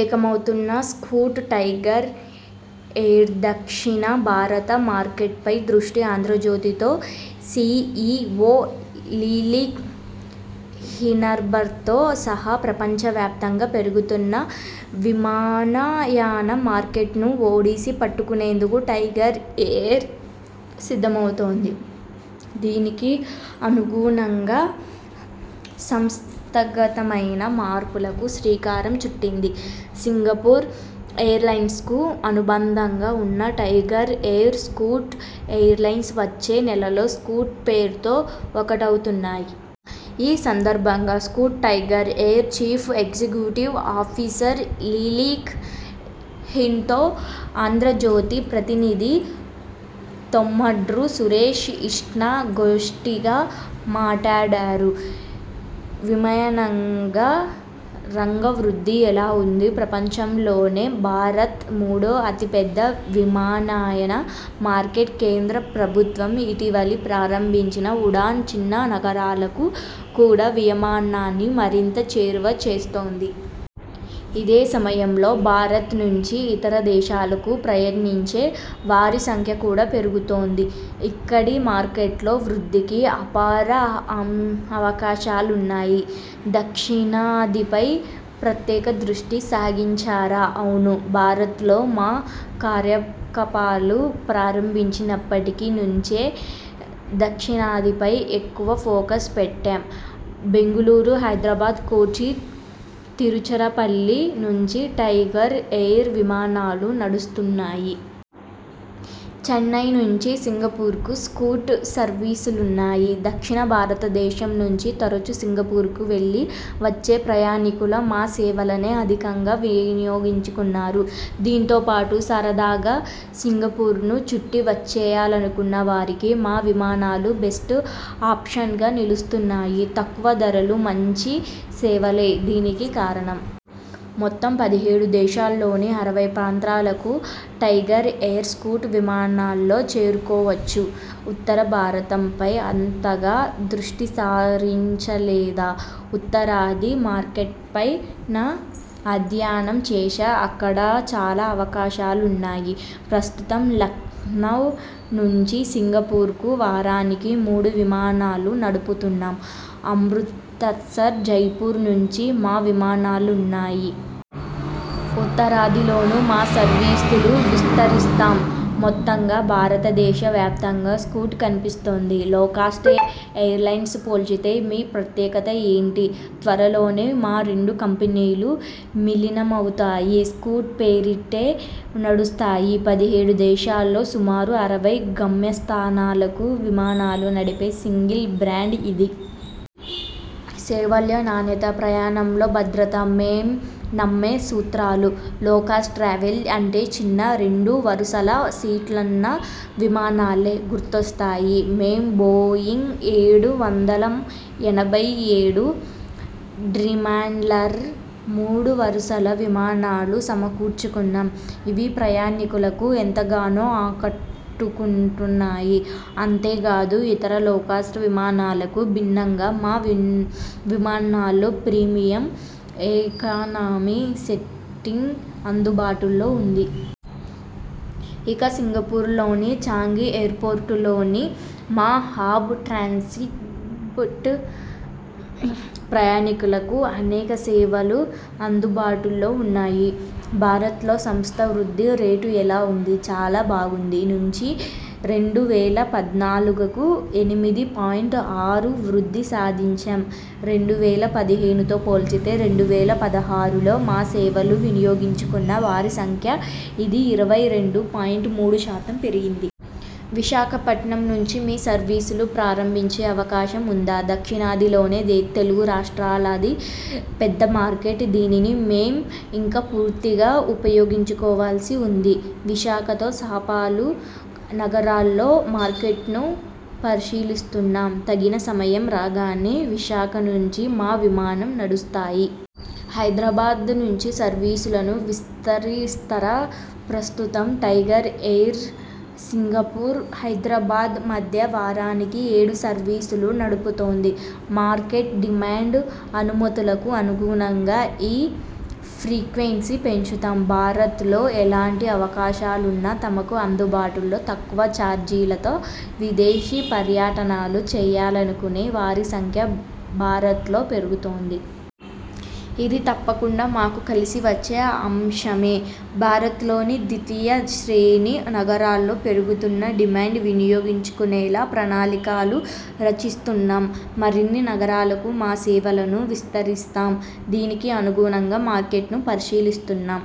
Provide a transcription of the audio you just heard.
ఏకమవుతున్న Scoot, Tiger ఎయిర్దక్షిణ భారత మార్కెట్పై దృష్టి 'ఆంధ్రజ్యోతి'తో సిఇఒ లీ లిక్ హిన్భారత్తో సహా ప్రపంచవ్యాప్తంగా పెరుగుతున్న విమానయాన మార్కెట్ను ఒడిసి పట్టుకునేందుకు 'టైగర్ ఎయిర్' సిద్ధమవుతోంది. దీనికి అనుగుణంగా సంస్థాగతమైన మార్పులకు శ్రీకారం చుట్టింది. సింగపూర్ ఎయిర్లైన్స్కు అనుబంధంగా ఉన్న టైగర్ ఎయిర్, స్కూట్ ఎయిర్లైన్స్ వచ్చే నెలలో 'స్కూట్' పేరుతో ఒక్కటవుతున్నాయి. ఈ సందర్భంగా Scoot Tiger Air chief executive officer Lee Lik హిన్తో ఆంధ్రజ్యోతి ప్రతినిధి తొమ్మండ్రు సురేశ్ ఇష్ఠా గోష్ఠిగా మాటాడారు. విమానయాన రంగ వృద్ధి ఎలా ఉంది? ప్రపంచంలోనే భారత్ మూడో అతిపెద్ద విమానయాన మార్కెట్. కేంద్ర ప్రభుత్వం ఇటీవల ప్రారంభించిన 'ఉడాన్' చిన్న నగరాలకు కూడా విమానయానాన్ని మరింత చేరువ చేస్తోంది. ఇదే సమయంలో భారత్ నుంచి ఇతర దేశాలకు ప్రయాణించే వారి సంఖ్య కూడా పెరుగుతోంది. ఇక్కడి మార్కెట్లో వృద్ధికి అపార అవకాశాలున్నాయి. దక్షిణాదిపై ప్రత్యేక దృష్టి సారించారా? ఔను! భారత్లో మా కార్యకలాపాలు ప్రారంభించినప్పటి నుంచే దక్షిణాదిపై ఎక్కువ ఫోకస్ పెట్టాం. బెంగళూరు, హైదరాబాద్, కోచి, తిరుచిరాపల్లి నుంచి టైగర్ ఎయిర్ విమానాలు నడుస్తున్నాయి. చెన్నై నుంచి సింగపూర్కు 'స్కూట్' సర్వీసులున్నాయి. దక్షిణ భారత దేశం నుంచి తరచూ సింగపూర్కు వెళ్లి, వచ్చే ప్రయాణికులు మా సేవలనే అధికంగా వినియోగించుకుంటున్నారు. దీంతో పాటు సరదాగా సింగపూర్ను చుట్టి వచ్చేయాలనుకున్న వారికీ మా విమానాలు బెస్ట్ ఆప్షన్గా నిలుస్తున్నాయి. తక్కువ ధరలు, మంచి సేవలే దీనికి కారణం. మొత్తం పదిహేడు దేశాల్లోని అరవై ప్రాంతాలకు టైగర్ ఎయిర్, స్కూట్ విమానాల్లో చేరుకోవచ్చు. ఉత్తర భారతంపై అంతగా దృష్టి సారించలేదా? ఉత్తరాది మార్కెట్పైనా అధ్యయనం చేశాం. అక్కడా చాలా అవకాశాలున్నాయి. ప్రస్తుతం లఖ్నవ్ నుంచి సింగపూర్కు వారానికి మూడు విమానాలు నడుపుతున్నాం. అమృత్సర్, జైపూర్ నుంచీ మా విమానాలున్నాయి. ఉత్తరాదిలోనూ మా సర్వీసులు విస్తరిస్తాం. మొత్తంగా భారతదేశ వ్యాప్తంగా 'స్కూట్' కనిపిస్తుంది. లోకాస్ట్ ఎయిర్లైన్స్ పోల్చితే మీ ప్రత్యేకత ఏంటి? త్వరలోనే మా రెండు కంపెనీలు విలీనమవుతాయి. 'స్కూట్' పేరిటే నడుస్తాయి. పదిహేడు దేశాల్లోని సుమారు అరవై గమ్యస్థానాలకు విమానాలు నడిపే 'సింగిల్ బ్రాండ్' ఇది. సేవల్లో నాణ్యత, ప్రయాణంలో భద్రత మేం నమ్మే సూత్రాలు. లోకాస్ట్ ట్రావెల్ అంటే చిన్న, రెండు వరుసల సీట్లున్న విమానాలే గుర్తుకొస్తాయి. మేం బోయింగ్ ఏడు వందల ఎనభై ఏడు డ్రీమ్లైనర్ మూడు వరుసల విమానాలు సమకూర్చుకున్నాం. ఇవి ప్రయాణికులకు ఎంతగానో ఆకట్టుకుంటున్నాయి. అంతేకాదు, ఇతర లోకాస్ట్ విమానాలకు భిన్నంగా మా విమానాల్లో ప్రీమియం ఎకానమీ సీటింగ్ అందుబాటులో ఉంది. ఇక సింగపూర్లోని చాంగి ఎయిర్పోర్టులోని మా హబ్ 'ట్రాన్సిట్' ప్రయాణికులకు అనేక సేవలు అందుబాటులో ఉన్నాయి. భారత్లో సంస్థ వృద్ధి రేటు ఎలా ఉంది? చాలా బాగుంది. నుంచి రెండు వేల పద్నాలుగుకు ఎనిమిది పాయింట్ ఆరు వృద్ధి సాధించాం. రెండు వేల పదిహేనుతో పోల్చితే రెండు వేల పదహారులో మా సేవలు వినియోగించుకున్న వారి సంఖ్య ఇది ఇరవై రెండు పాయింట్ మూడు శాతం పెరిగింది. విశాఖపట్నం నుంచి మీ సర్వీసులు ప్రారంభించే అవకాశం ఉందా? దక్షిణాది లోనే తెలుగు రాష్ట్రాలది పెద్ద మార్కెట్. దీనిని మేం ఇంకా పూర్తిగా ఉపయోగించుకోవాల్సి ఉంది. విశాఖతో సహా పలు నగరాల్లో మార్కెట్ను పరిశీలిస్తున్నాం. తగిన సమయం రాగానే విశాఖ నుంచి మా విమానాలు నడుస్తాయి. హైదరాబాద్ నుంచి సర్వీసులను విస్తరిస్తారా? ప్రస్తుతం టైగర్ ఎయిర్ సింగపూర్-హైదరాబాద్ మధ్య వారానికి ఏడు సర్వీసులు నడుపుతోంది. మార్కెట్ డిమాండ్, అనుమతులకు అనుగుణంగా ఈ ఫ్రీక్వెన్సీ పెంచుతాం. భారత్లో ఎలాంటి అవకాశాలున్నాయి? తమకు అందుబాటులో, తక్కువ చార్జీలతో విదేశీ పర్యటనలు చేయాలనుకునే వారి సంఖ్య భారత్లో పెరుగుతోంది. ఇది తప్పకుండా మాకు కలిసి వచ్చే అంశమే. భారత్లోని ద్వితీయ శ్రేణి నగరాల్లో పెరుగుతున్న డిమాండ్ వినియోగించుకునేలా ప్రణాళికలు రచిస్తున్నాం. మరిన్ని నగరాలకు మా సేవలను విస్తరిస్తాం. దీనికి అనుగుణంగా మార్కెట్ను పరిశీలిస్తున్నాం.